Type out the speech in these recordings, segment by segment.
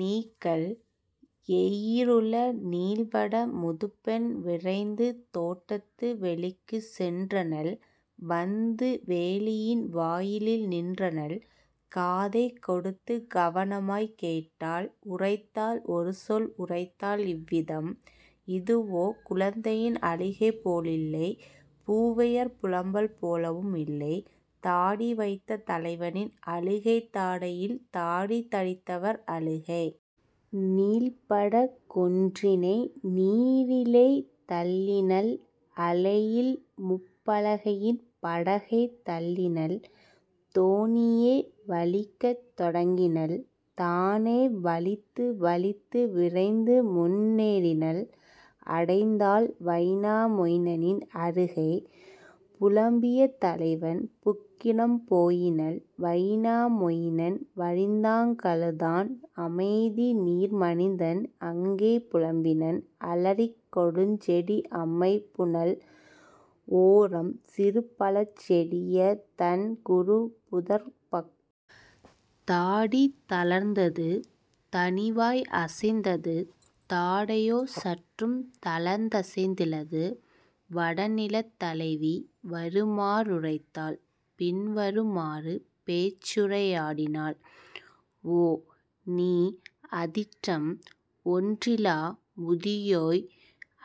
நீக்கல் எயிறுள நீள்வட முதுபெண் விரைந்துதோட் Datuk வெளிக்குச் சென்றனள் வந்து வேலியின் வாயிலில் நின்றனள்; காதைக் கொடுத்துக் கவனமாய்க் கேட்டாள் உரைத்தாள் ஒருசொல் உரைத்தாள் இவ்விதம்: "இதுவோ குழந்தையின் அழுகைபோ லில்லை பூவையர் புலம்பல் போலவும் இல்லை தாடி வைத்த தலைவனின் அழுகை தாடையில் தாடி தரித்தவர் அழுகை. " நீள்பட கொன்றினை நீரிலே தள்ளினள் அலையில்முப் பலகையின் படகைத் தள்ளினள் தோணியை வலிக்கத் தொடங்கினள் தானே வலித்து வலித்து விரைந்துமுன் னேறினள் அடைந்தாள் வைனா மொயினனின் அருகை புலம்பிய தலைவன் புக்கிடம் போயினள். வைனா மொயினன் வறிதாங் கழுதான் அமைதிநீர் மனிதன் அங்கே புலம்பினன் அலரிக் கொடுஞ்செடி அமைபுனல் ஓரம் சிறுபழச் செடியதன் குறுபுதர்ப் பக்கம். தாடி தளர்ந்தது தனிவாய் அசைந்தது தாடையோ சற்றும் தளர்ந்தசைந் திலது. வடநிலத் தலைவி வருமா றுரைத்தாள்: பின்வரு மாறுபேச் சுரை யாடினாள்: "ஓ, நீ, அதிட்டம் ஒன்றிலா முதியோய்!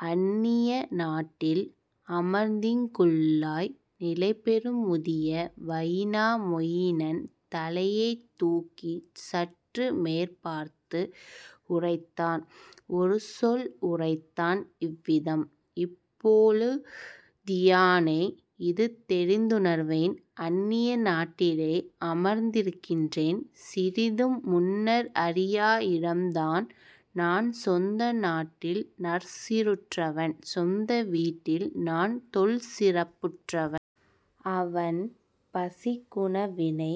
அன்னிய நாட்டில் அமர்ந்தீங் குள்ளாய். " நிலைபெறும் முதிய வைனா மொயினன் தலையை தூக்கிச் சற்றுமேற் பார்த்து உரைத்தான் ஒருசொல் உரைத்தான் இவ்விதம்: "இப்போழு தியானே இதுதெரிந் துணர்வேன் அன்னிய நாட்டிலே அமர்ந்திருக் கின்றேன் சிறிதும் முன்னர் அறியா இடம்தான் நான்சொந்த நாட்டில் நற்சீ ருற்றவன் சொந்தவீட் டில்நான் தொல்சிறப் புற்றவன். அவன்பசிக் குணவினை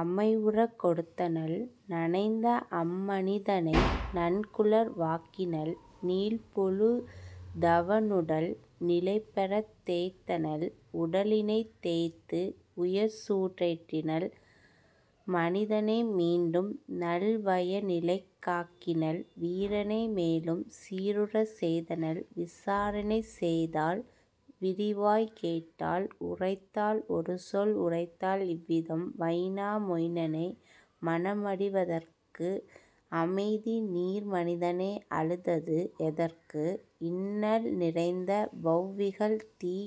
அமைவுறக் கொடுத்தனள் நனைந்த அம்மனிதனை நன்குலர் வாக்கினள் நீள்பொழு தவனுடல் நிலைபெறத் தேய்த்தனள் உடலினைத் தேய்த்து உயர்சூ டேற்றினள் மனிதனை மீண்டும்நல் வயநிலைக் காக்கினள் வீரனை மேலும் சீருறச் செய்தனள் விசாரணை செய்தாள் விரிவாய்க் கேட்டாள் உரைத்தாள் ஒருசொல் உரைத்தாள் இவ்விதம்: "வைனா மொயினனே மனமடி வெதற்கு அமைதிநீர் மனிதனே அழுதது எதற்கு இன்னல் நிறைந்தவவ் விகல்தீ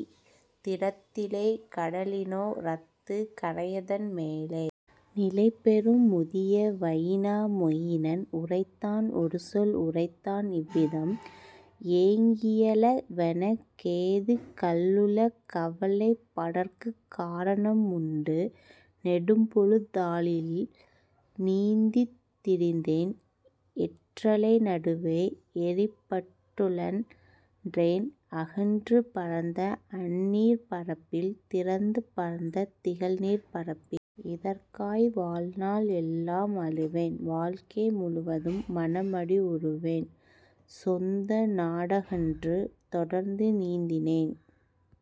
திடத்திலே கடலினோ ரத்துக் கரையதன் மேலே? " நிலைபெறும் முதிய வைனா மொயினன் உரைத்தான் ஒருசொல் உரைத்தான் இவ்விதம்: "ஏங்கி யழவெனக் கேதுக் கள்ளுள கவலைப் படற்குக் காரணம் உண்டு நெடும்பொழு தாழியில் நீந்தித் திரிந்தேன் எற்றலை நடுவே எறிபட் டுழன்றேன் அகன்று பரந்த அந்நீர்ப் பரப்பில் திறந்து பரந்த திகழ்நீர்ப் பரப்பில். இதற்காய் வாழ்நாள் எல்லாம் அழுவேன் வாழ்க்கை முழுவதும் மனமடி வுறுவேன் சொந்தநா டகன்று தொடர்ந்து நீந்தினேன்